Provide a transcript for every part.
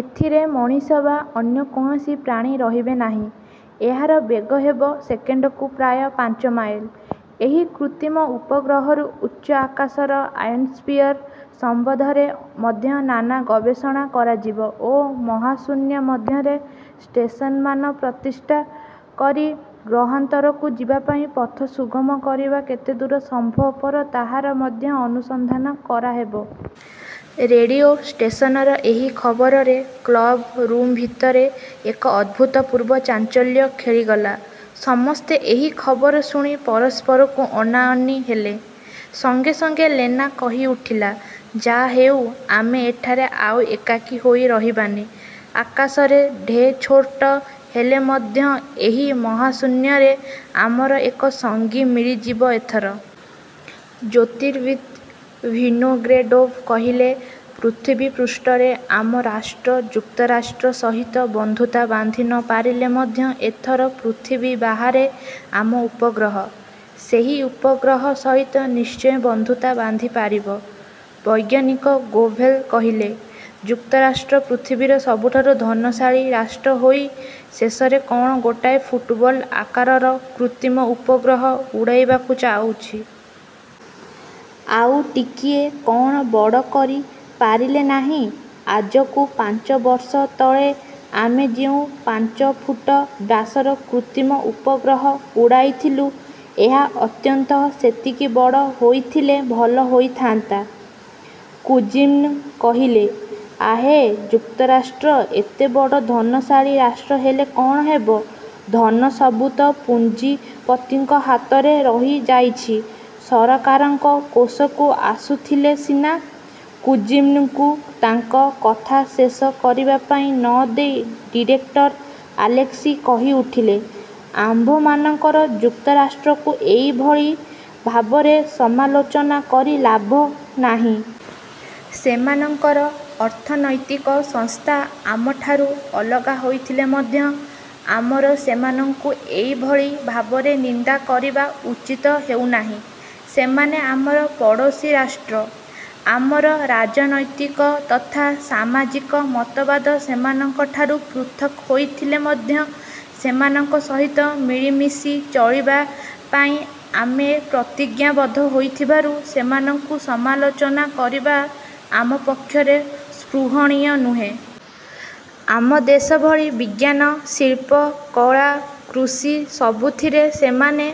ଏଥିରେ ମଣିଷ ବା ଅନ୍ୟ କୌଣସି ପ୍ରାଣୀ ରହିବେ ନାହିଁ। ଏହାର ବେଗ ହେବ ସେକେଣ୍ଡକୁ ପ୍ରାୟ ପାଞ୍ଚ ମାଇଲ। ଏହି କୃତ୍ରିମ ଉପଗ୍ରହରୁ ଉଚ୍ଚ ଆକାଶର ଆୟନୋସ୍ପିଅର୍ ସମ୍ବନ୍ଧରେ ମଧ୍ୟ ନାନା ଗବେଷଣା କରାଯିବ ଓ ମହାଶୂନ୍ୟ ମଧ୍ୟରେ ଷ୍ଟେସନମାନ ପ୍ରତିଷ୍ଠା କରି ଗ୍ରହାନ୍ତରକୁ ଯିବା ପାଇଁ ପଥ ସୁଗମ କରିବା କେତେଦୂର ସମ୍ଭବପର ତାହାର ମଧ୍ୟ ଅନୁସନ୍ଧାନ କରାହେବ। '' ରେଡ଼ିଓ ଷ୍ଟେସନର ଏହି ଖବରରେ କ୍ଳବ ରୁମ୍ ଭିତରେ ଏକ ଅଭୁତପୂର୍ବ ଚାଞ୍ଚଲ୍ୟ ଖେଳିଗଲା। ସମସ୍ତେ ଏହି ଖବର ଶୁଣି ପରସ୍ପରକୁ ଅନାଅନି ହେଲେ। ସଙ୍ଗେ ସଙ୍ଗେ ଲେନା କହିଉଠିଲା, ''ଯାହା ହେଉ ଆମେ ଏଠାରେ ଆଉ ଏକାକୀ ହୋଇ ରହିବାନି। ଆକାଶରେ ଢେର୍ଛୋଟ ହେଲେ ମଧ୍ୟ ଏହି ମହାଶୂନ୍ୟରେ ଆମର ଏକ ସଙ୍ଗୀ ମିଳିଯିବ ଏଥର। '' ଜ୍ୟୋତିର୍ବିତ୍ ଭିନୋଗ୍ରେଡ଼ୋଭ୍ କହିଲେ, ''ପୃଥିବୀପୃଷ୍ଠରେ ଆମ ରାଷ୍ଟ୍ର ଯୁକ୍ତରାଷ୍ଟ୍ର ସହିତ ବନ୍ଧୁତା ବାନ୍ଧି ନ ପାରିଲେ ମଧ୍ୟ ଏଥର ପୃଥିବୀ ବାହାରେ ଆମ ଉପଗ୍ରହ; ସେହି ଉପଗ୍ରହ ସହିତ ନିଶ୍ଚୟ ବନ୍ଧୁତା ବାନ୍ଧିପାରିବ। '' ବୈଜ୍ଞାନିକ ଗୋଭେଲ୍ କହିଲେ, ''ଯୁକ୍ତରାଷ୍ଟ୍ର ପୃଥିବୀର ସବୁଠାରୁ ଧନଶାଳୀ ରାଷ୍ଟ୍ର ହୋଇ ଶେଷରେ କ'ଣ ଗୋଟାଏ ଫୁଟବଲ ଆକାରର କୃତ୍ରିମ ଉପଗ୍ରହ ଉଡ଼ାଇବାକୁ ଯାଉଛି। ଆଉ ଟିକିଏ କ'ଣ ବଡ଼ କରି ପାରିଲେ ନାହିଁ। ଆଜକୁ ପାଞ୍ଚ ବର୍ଷ ତଳେ ଆମେ ଯେଉଁ ପାଞ୍ଚଫୁଟ ବ୍ୟାସର କୃତ୍ରିମ ଉପଗ୍ରହ ଉଡ଼ାଇଥିଲୁଁ, ଏହା ଅନ୍ତତଃ ସେତିକି ବଡ଼ ହୋଇଥିଲେ ଭଲ ହୋଇଥାନ୍ତା-। '' କୁଜ୍ମିନ୍ କହିଲେ, ''ଆହେ, ଯୁକ୍ତରାଷ୍ଟ୍ର ଏତେ ବଡ଼ ଧନଶାଳୀ ରାଷ୍ଟ୍ର ହେଲେ କ'ଣ ହେବ, ଧନ ସବୁ ତ ପୁଞ୍ଜିପତିଙ୍କ ହାତରେ ରହିଯାଇଛି; ସରକାରଙ୍କ କୋଷକୁ ଆସୁଥିଲେ ସିନା '' କୁଜ୍ମିନ୍ଙ୍କୁ ତାଙ୍କ କଥା ଶେଷ କରିବା ପାଇଁ ନ ଦେଇ ଡିରେକ୍ଟର ଆଲେସ୍କି କହିଉଠିଲେ, ''ଆମ୍ଭମାନଙ୍କର ଯୁକ୍ତରାଷ୍ଟ୍ରକୁ ଏଭଳି ଭାବରେ ସମାଲୋଚନା କରି ଲାଭ ନାହିଁ। ସେମାନଙ୍କର ଅର୍ଥନୈତିକ ସଂସ୍ଥା ଆମଠାରୁ ଅଲଗା ହୋଇଥିଲେ ମଧ୍ୟ ଆମର ସେମାନଙ୍କୁ ଏଭଳି ଭାବରେ ନିନ୍ଦା କରିବା ଉଚିତ ହେଉନାହିଁ। ସେମାନେ ଆମର ପଡ଼ୋଶୀ ରାଷ୍ଟ୍ର। ଆମର ରାଜନୈତିକ ତଥା ସାମାଜିକ ମତବାଦ ସେମାନଙ୍କଠାରୁ ପୃଥକ୍ ହୋଇଥିଲେ ମଧ୍ୟ ସେମାନଙ୍କ ସହିତ ମିଳିମିଶି ଚଳିବା ପାଇଁ ଆମେ ପ୍ରତିଜ୍ଞାବଦ୍ଧ ହୋଇଥିବାରୁ, ସେମାନଙ୍କୁ ସମାଲୋଚନା କରିବା ଆମ ପକ୍ଷରେ ସ୍ପୃହଣୀୟ ନୁହେଁ। ଆମ ଦେଶ ଭଳି ବିଜ୍ଞାନ, ଶିଳ୍ପ, କଳା, କୃଷି ସବୁଥିରେ ସେମାନେ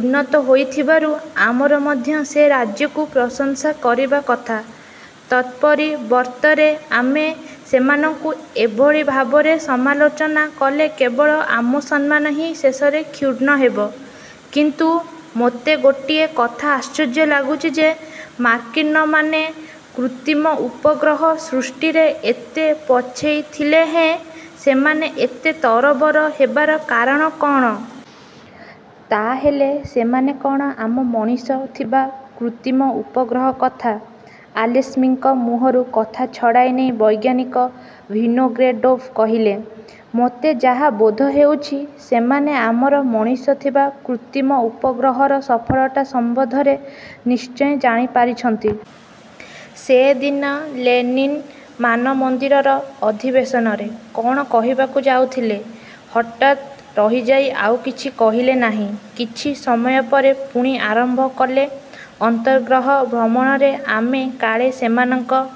ଉନ୍ନତ ହୋଇଥିବାରୁ ଆମର ମଧ୍ୟ ସେ ରାଜ୍ୟକୁ ପ୍ରଶଂସା କରିବା କଥା। ତତ୍ପରିବର୍ତ୍ତରେ ଆମେ ସେମାନଙ୍କୁ ଏଭଳି ଭାବରେ ସମାଲୋଚନା କଲେ କେବଳ ଆମ ସମ୍ମାନ ହିଁ ଶେଷରେ କ୍ଷୁର୍ଣ୍ଣ ହେବ। କିନ୍ତୁ ମୋତେ ଗୋଟିଏ କଥା ଆଶ୍ଚର୍ଯ୍ୟ ଲାଗୁଛି ଯେ ମାର୍କିନ୍ମାନେ କୃତ୍ରିମ ଉପଗ୍ରହ ସୃଷ୍ଟିରେ ଏତେ ପଛେଇଥିଲେହେଁ ସେମାନେ ଏତେ ତରବର ହେବାର କାରଣ କଅଣ? ତା ହେଲେ ସେମାନେ କ'ଣ ଆମ ମଣିଷ ଥିବା କୃତ୍ରିମ ଉପଗ୍ରହ କଥା '' ଆଲେସ୍କିଙ୍କ ମୁହଁରୁ କଥା ଛଡ଼ାଇ ନେଇ ବୈଜ୍ଞାନିକ ଭିନୋଗ୍ରେଡ଼ୋଭ୍ କହିଲେ, ''ମୋତେ ଯାହା ବୋଧ ହେଉଛି, ସେମାନେ ଆମର ମଣିଷ ଥିବା କୃତ୍ରିମ ଉପଗ୍ରହର ସଫଳତା ସମ୍ବନ୍ଧରେ ନିଶ୍ଚୟ ଜାଣିପାରିଛନ୍ତି। ସେ ଦିନ ଲେନିନ୍ ମାନମନ୍ଦିରର ଅଧିବେଶନରେ '' କ'ଣ କହିବାକୁ ଯାଉଥିଲେ, ହଠାତ୍ ରହିଯାଇ ଆଉ କିଛି କହିଲେ ନାହିଁ। କିଛି। ସମୟ ପରେ ପୁଣି ଆରମ୍ଭ କଲେ, ''ଅନ୍ତର୍ଗ୍ରହ ଭ୍ରମଣରେ ଆମେ କାଳେ ସେମାନଙ୍କ